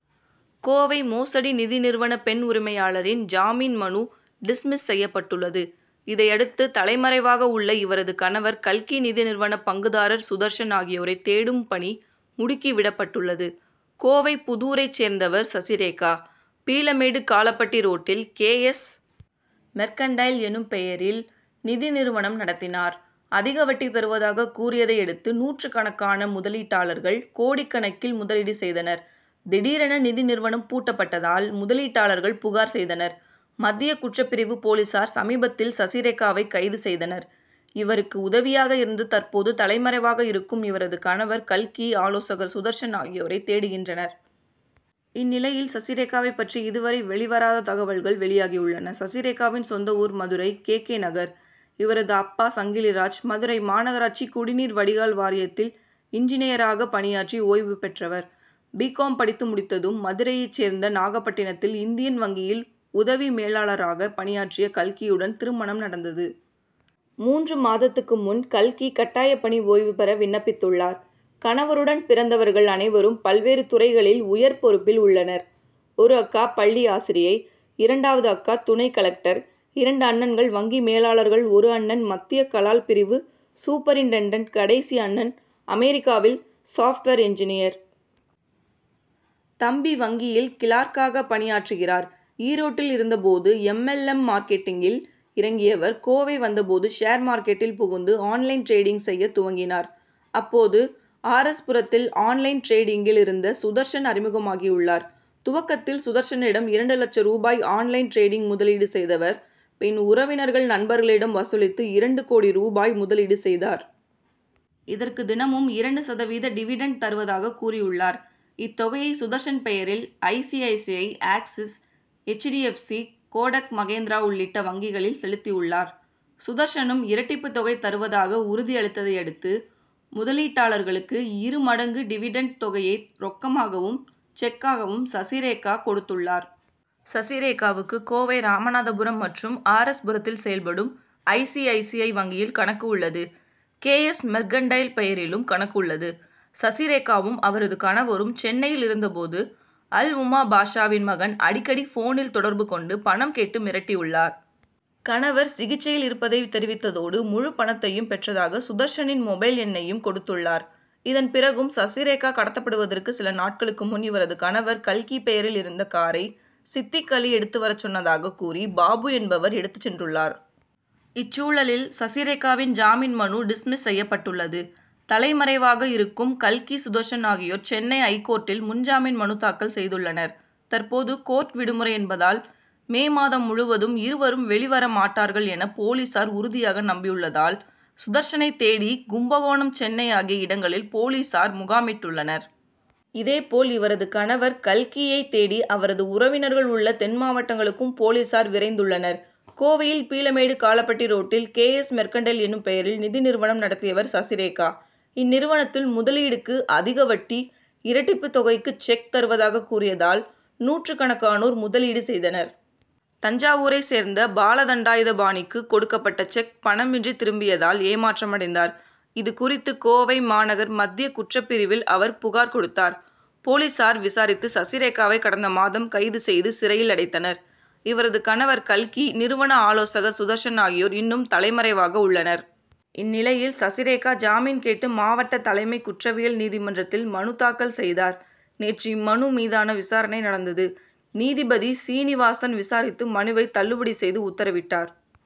கோவை மோசடி நிதி நிறுவன பெண் உரிமையாளரின் ஜாமீன் மனு டிஸ்மிஸ் செய்யப்பட்டுள்ளது. இதையடுத்து தலைமறைவாக உள்ள இவரது கணவர் கல்கி நிதி நிறுவன பங்குதாரர் சுதர்சன் ஆகியோரை தேடும் பணி முடுக்கி விடப்பட்டுள்ளது. கோவைப்புதூரைச் சேர்ந்தவர் சசிரேகா. பீளமேடு காளப்பட்டி ரோட்டில் கே. எஸ். மெர்கன்டைல் எனும் பெயரில் நிதி நிறுவனம் நடத்தினார். அதிக வட்டி தருவதாகக் கூறியதையடுத்து நூற்றுக்கணக்கான முதலீட்டாளர்கள் கோடிக்கணக்கில் முதலீடு செய்தனர். திடீரென நிதி நிறுவனம் பூட்டப்பட்டதால் முதலீட்டாளர்கள் புகார் செய்தனர். மத்திய குற்றப் பிரிவு போலீசார் சமீபத்தில் சசிரேகாவை கைது செய்தனர். இவருக்கு உதவியாக இருந்து தற்போது தலைமறைவாக இருக்கும் இவரது கணவர் கல்கி ஆலோசகர் சுதர்சன் ஆகியோரை தேடுகின்றனர். இந்நிலையில் சசிரேகாவைப் பற்றி இதுவரை வெளிவராத தகவல்கள் வெளியாகியுள்ளன. சசிரேகாவின் சொந்த ஊர் மதுரை கே. கே. நகர். இவரது அப்பா சங்கிலிராஜ். மதுரை மாநகராட்சி குடிநீர் வடிகால் வாரியத்தில் இன்ஜினியராக பணியாற்றி ஓய்வு பெற்றவர். பி. காம். படித்து முடித்ததும் மதுரையைச் சேர்ந்த நாகப்பட்டினத்தில் இந்தியன் வங்கியில் உதவி மேலாளராக பணியாற்றிய கல்கியுடன் திருமணம் நடந்தது. மூன்று மாதத்துக்கு முன் கல்கி கட்டாய பணி ஓய்வு பெற விண்ணப்பித்துள்ளார். கணவருடன் பிறந்தவர்கள் அனைவரும் பல்வேறு துறைகளில் உயர் பொறுப்பில் உள்ளனர். ஒரு அக்கா பள்ளி ஆசிரியை இரண்டாவது அக்கா துணை கலெக்டர் இரண்டு அண்ணன்கள் வங்கி மேலாளர்கள் ஒரு அண்ணன் மத்திய கலால் பிரிவு சூப்பரின்டெண்டன்ட் கடைசி அண்ணன் அமெரிக்காவில் சாப்ட்வேர் இன்ஜினியர். தம்பி வங்கியில் கிளார்க்காக பணியாற்றுகிறார். ஈரோட்டில் இருந்தபோது எம். எல். எம். மார்க்கெட்டிங்கில் இறங்கியவர் கோவை வந்தபோது ஷேர் மார்க்கெட்டில் புகுந்து ஆன் லைன் டிரேடிங் செய்ய துவங்கினார். அப்போது ஆர். எஸ். புரத்தில் ஆன் லைன் டிரேடிங்கில் இருந்த சுதர்சன் அறிமுகமாகியுள்ளார். துவக்கத்தில் சுதர்சனிடம் இரண்டு லட்சம் ரூபாயை ஆன் லைன் டிரேடிங்கில் முதலீடு செய்தவர் பின் உறவினர்கள் நண்பர்களிடம் வசூலித்து இரண்டு கோடி ரூபாய் முதலீடு செய்தார். இதற்கு தினமும் இரண்டு சதவீத டிவிடெண்ட் தருவதாகக் கூறியுள்ளார். இத்தொகையை சுதர்சன் பெயரில் I. C. I. C. I. Axis H. D. F. C. Kotak Mahindra உள்ளிட்ட வங்கிகளில் செலுத்தியுள்ளார். சுதர்சனும் இரட்டிப்பு தொகை தருவதாக உறுதி அளித்ததையடுத்து முதலீட்டாளர்களுக்கு இரு மடங்கு டிவிடெண்ட் தொகையை ரொக்கமாகவும் செக்காகவும் சசிரேகா கொடுத்துள்ளார். சசிரேகாவுக்கு கோவை ராமநாதபுரம் மற்றும் ஆர். எஸ். புரத்தில் செயல்படும் I. C. I. C. I. வங்கியில் கணக்கு உள்ளது. கே. எஸ். மெர்கன்டைல் பெயரிலும் கணக்கு உள்ளது. சசிரேகாவும் அவரது கணவரும் சென்னையில் இருந்தபோது அல் உம்மா பாஷாவின் மகன் அடிக்கடி போனில் தொடர்பு கொண்டு பணம் கேட்டு மிரட்டியுள்ளார். கணவர் சிகிச்சையில் இருப்பதை தெரிவித்ததோடு முழுப்பணத்தையும் பெற்றதாக சுதர்சனின் மொபைல் எண்ணையும் கொடுத்துள்ளார். இதன் பிறகும் சசிரேகா கடத்தப்படுவதற்கு சில நாட்களுக்கு முன் இவரது கணவர் கல்கி பெயரில் இருந்த காரை சித்திக் அலி எடுத்து வரச் சொன்னதாகக் கூறி பாபு என்பவர் எடுத்துச் சென்றுள்ளார். இச்சூழலில் சசிரேகாவின் ஜாமீன் மனு டிஸ்மிஸ் செய்யப்பட்டுள்ளது. தலைமறைவாக இருக்கும் கல்கி சுதர்சன் ஆகியோர் சென்னை ஐகோர்ட்டில் முன்ஜாமீன் மனு தாக்கல் செய்துள்ளனர். தற்போது கோர்ட் விடுமுறை என்பதால் மே மாதம் முழுவதும் இருவரும் வெளி வர மாட்டார்கள் என போலீசார் உறுதியாக நம்பியுள்ளதால் சுதர்சனை தேடி கும்பகோணம் சென்னை ஆகிய இடங்களில் போலீசார் முகாமிட்டுள்ளனர். இதேபோல் இவரது கணவர் கல்கியை தேடி அவரது உறவினர்கள் உள்ள தென் மாவட்டங்களுக்கும் போலீசார் விரைந்துள்ளனர். கோவையில் பீளமேடு காளப்பட்டி ரோட்டில் கே. எஸ். மெர்கன்டைல் எனும் பெயரில் நிதி நிறுவனம் நடத்தியவர் சசிரேகா. இந்நிறுவனத்தில் முதலீடுக்கு அதிக வட்டி இரட்டிப்பு தொகைக்கு செக் தருவதாக கூறியதால் நூற்றுக்கணக்கானோர் முதலீடு செய்தனர். தஞ்சாவூரைச் சேர்ந்த பாலதண்டாயுதபாணிக்கு கொடுக்கப்பட்ட செக் பணமின்றி திரும்பியதால் ஏமாற்றமடைந்தார். இது குறித்து கோவை மாநகர் மத்திய குற்றப்பிரிவில் அவர் புகார் கொடுத்தார். போலீசார் விசாரித்து சசிரேகாவை கடந்த மாதம் கைது செய்து சிறையில் அடைத்தனர். இவரது கணவர் கல்கி நிறுவன ஆலோசகர் சுதர்சன் ஆகியோர் இன்னும் தலைமறைவாக உள்ளனர். இந்நிலையில் சசிரேகா ஜாமீன் கேட்டு மாவட்ட தலைமை குற்றவியல் நீதிமன்றத்தில் மனு தாக்கல் செய்தார். நேற்று இம்மனு மீதான விசாரணை நடந்தது. நீதிபதி சீனிவாசன் விசாரித்து மனுவை தள்ளுபடி செய்து உத்தரவிட்டார்.